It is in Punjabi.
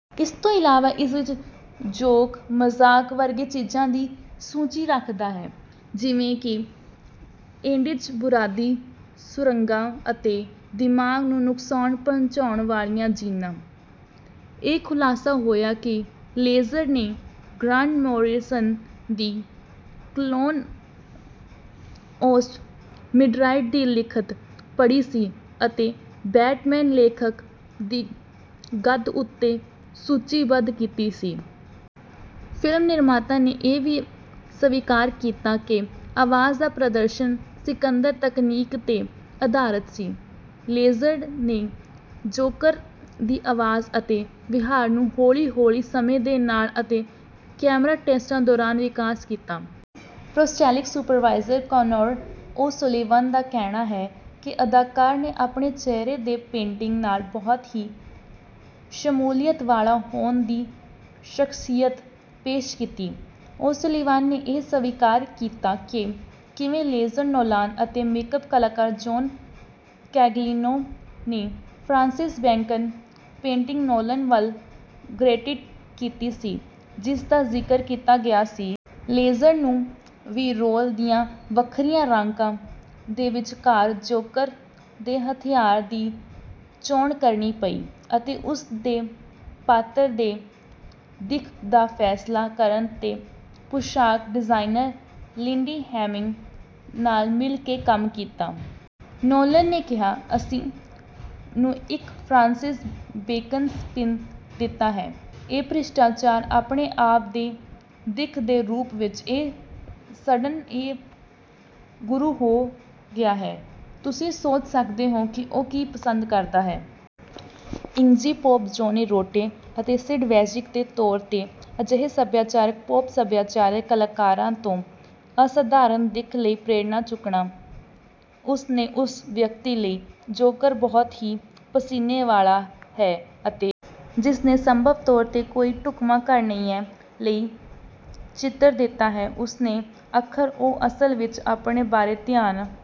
ਇਸ ਤੋਂ ਇਲਾਵਾ ਇਸ ਵਿੱਚ ਜੋਕ ਮਜ਼ਾਕ ਵਰਗੇ ਚੀਜ਼ਾਂ ਦੀ ਸੂਚੀ ਰੱਖਦਾ ਹੈ ਜਿਵੇਂ ਕਿ ਏਡਜ਼ ਬਾਰੂਦੀ ਸੁਰੰਗਾਂ ਅਤੇ ਦਿਮਾਗ ਨੂੰ ਨੁਕਸਾਨ ਪਹੁੰਚਾਉਣ ਵਾਲੀਆਂ ਜੀਨਾਂ। ਇਹ ਖੁਲਾਸਾ ਹੋਇਆ ਕਿ ਲੇਜ਼ਰ ਨੇ ਗ੍ਰਾਂਟ ਮੋਰੀਸਨ ਦੀ ਕਲੋਨ ਔਸਟ ਮਿਡਰਾਇਟ ਦੀ ਲਿਖਤ ਪੜ੍ਹੀ ਸੀ ਅਤੇ ਬੈਟਮੈਨ ਲੇਖਕ ਦੀ ਗੱਦ ਉੱਤੇ ਸੂਚੀਬੱਧ ਕੀਤੀ ਸੀ। ਫਿਲਮ ਨਿਰਮਾਤਾ ਨੇ ਇਹ ਵੀ ਸਵੀਕਾਰ ਕੀਤਾ ਕਿ ਆਵਾਜ਼ ਦਾ ਪ੍ਰਦਰਸ਼ਨ ਸਿਕੰਦਰ ਤਕਨੀਕ ਤੇ ਅਧਾਰਤ ਸੀ। ਲੇਜ਼ਰ ਨੇ ਜੋਕਰ ਦੀ ਆਵਾਜ਼ ਅਤੇ ਵਿਹਾਰ ਨੂੰ ਹੌਲੀ ਹੌਲੀ ਸਮੇਂ ਦੇ ਨਾਲ ਅਤੇ ਕੈਮਰਾ ਟੈਸਟਾਂ ਦੌਰਾਨ ਵਿਕਾਸ ਕੀਤਾ। Prosthetic supervisor Conor O'Sullivan ਦਾ ਕਹਿਣਾ ਹੈ ਕਿ ਅਦਾਕਾਰ ਨੇ ਆਪਣੇ ਚਿਹਰੇ ਦੇ ਪੇਂਟਿੰਗ ਨਾਲ ਬਹੁਤ ਹੀ ਸ਼ਮੂਲੀਅਤ ਵਾਲਾ ਹੋਣ ਦੀ ਸ਼ਖਸੀਅਤ ਪੇਸ਼ ਕੀਤੀ। ਓ ਸਲੀਵਾਨ ਨੇ ਇਹ ਸਵੀਕਾਰ ਕੀਤਾ ਕਿ ਕਿਵੇਂ ਲੇਜਰ ਨੋਲਾਨ ਅਤੇ ਮੇਕਅਪ ਕਲਾਕਾਰ ਜੌਨ ਕੈਗਲਿਨੋ ਨੇ ਫਰਾਂਸਿਸ ਬੈਕਨ ਪੇਂਟਿੰਗ ਨੋਲਨ ਵੱਲ ਗਰੇਟੀਟ ਕੀਤੀ ਸੀ ਜਿਸ ਦਾ ਜ਼ਿਕਰ ਕੀਤਾ ਗਿਆ ਸੀ। ਲੇਜ਼ਰ ਨੂੰ ਵੀ ਰੋਲ ਦੀਆਂ ਵੱਖਰੀਆਂ ਰਾਕਾਂ ਦੇ ਵਿਚਕਾਰ ਜੋਕਰ ਦੇ ਹਥਿਆਰ ਦੀ ਚੋਣ ਕਰਨੀ ਪਈ ਅਤੇ ਉਸ ਨੇ ਪਾਤਰ ਦੇ ਦਿੱਖ ਦਾ ਫੈਸਲਾ ਕਰਨ ਤੇ ਪੁਸ਼ਾਕ ਡਿਜ਼ਾਈਨਰ ਲਿੰਡੀ ਹੇਮਿੰਗ ਨਾਲ ਮਿਲ ਕੇ ਕੰਮ ਕੀਤਾ। ਨੋਲਨ ਨੇ ਕਿਹਾ ਅਸੀਂ ਨੂੰ ਇੱਕ ਫਰਾਂਸਿਸ ਬੇਕਨ ਸਪਿਨ ਦਿੱਤਾ ਹੈ ਇਹ ਭ੍ਰਿਸ਼ਟਾਚਾਰ ਆਪਣੇ ਆਪ ਦੀ ਦਿੱਖ ਦੇ ਰੂਪ ਵਿੱਚ ਇਹ ਸਡਨ ਇਹ ਗੁਰੂ ਹੋ ਗਿਆ ਹੈ। ਤੁਸੀਂ ਸੋਚ ਸਕਦੇ ਹੋ ਕਿ ਉਹ ਕੀ ਪਸੰਦ ਕਰਦਾ ਹੈ। ਇਗਜੀ ਪੋਪ ਜੌਨੀ ਰੋਟੇ ਅਤੇ ਸਿਡ ਵੈਸ਼ੀਕ ਦੇ ਤੌਰ ਤੇ ਅਜਿਹੇ ਸੱਭਿਆਚਾਰਕ ਪੌਪ ਸੱਭਿਆਚਾਰਕ ਕਲਾਕਾਰਾਂ ਤੋਂ ਅਸਾਧਾਰਣ ਦਿੱਖ ਲਈ ਪ੍ਰੇਰਨਾ ਚੁੱਕਣਾ। ਉਸ ਨੇ ਉਸ ਵਿਅਕਤੀ ਲਈ ਜੋਕਰ ਬਹੁਤ ਹੀ ਪਸੀਨੇ ਵਾਲਾ ਹੈ ਅਤੇ ਜਿਸ ਨੇ ਸੰਭਵ ਤੌਰ ਤੇ ਕੋਈ ਢੁਕਵਾਂ ਘਰ ਨਹੀਂ ਹੈ ਲਈ ਚਿੱਤਰ ਦਿੱਤਾ ਹੈ ਉਸਨੇ ਅੱਖਰ ਉਹ ਅਸਲ ਵਿੱਚ ਆਪਣੇ ਬਾਰੇ ਧਿਆਨ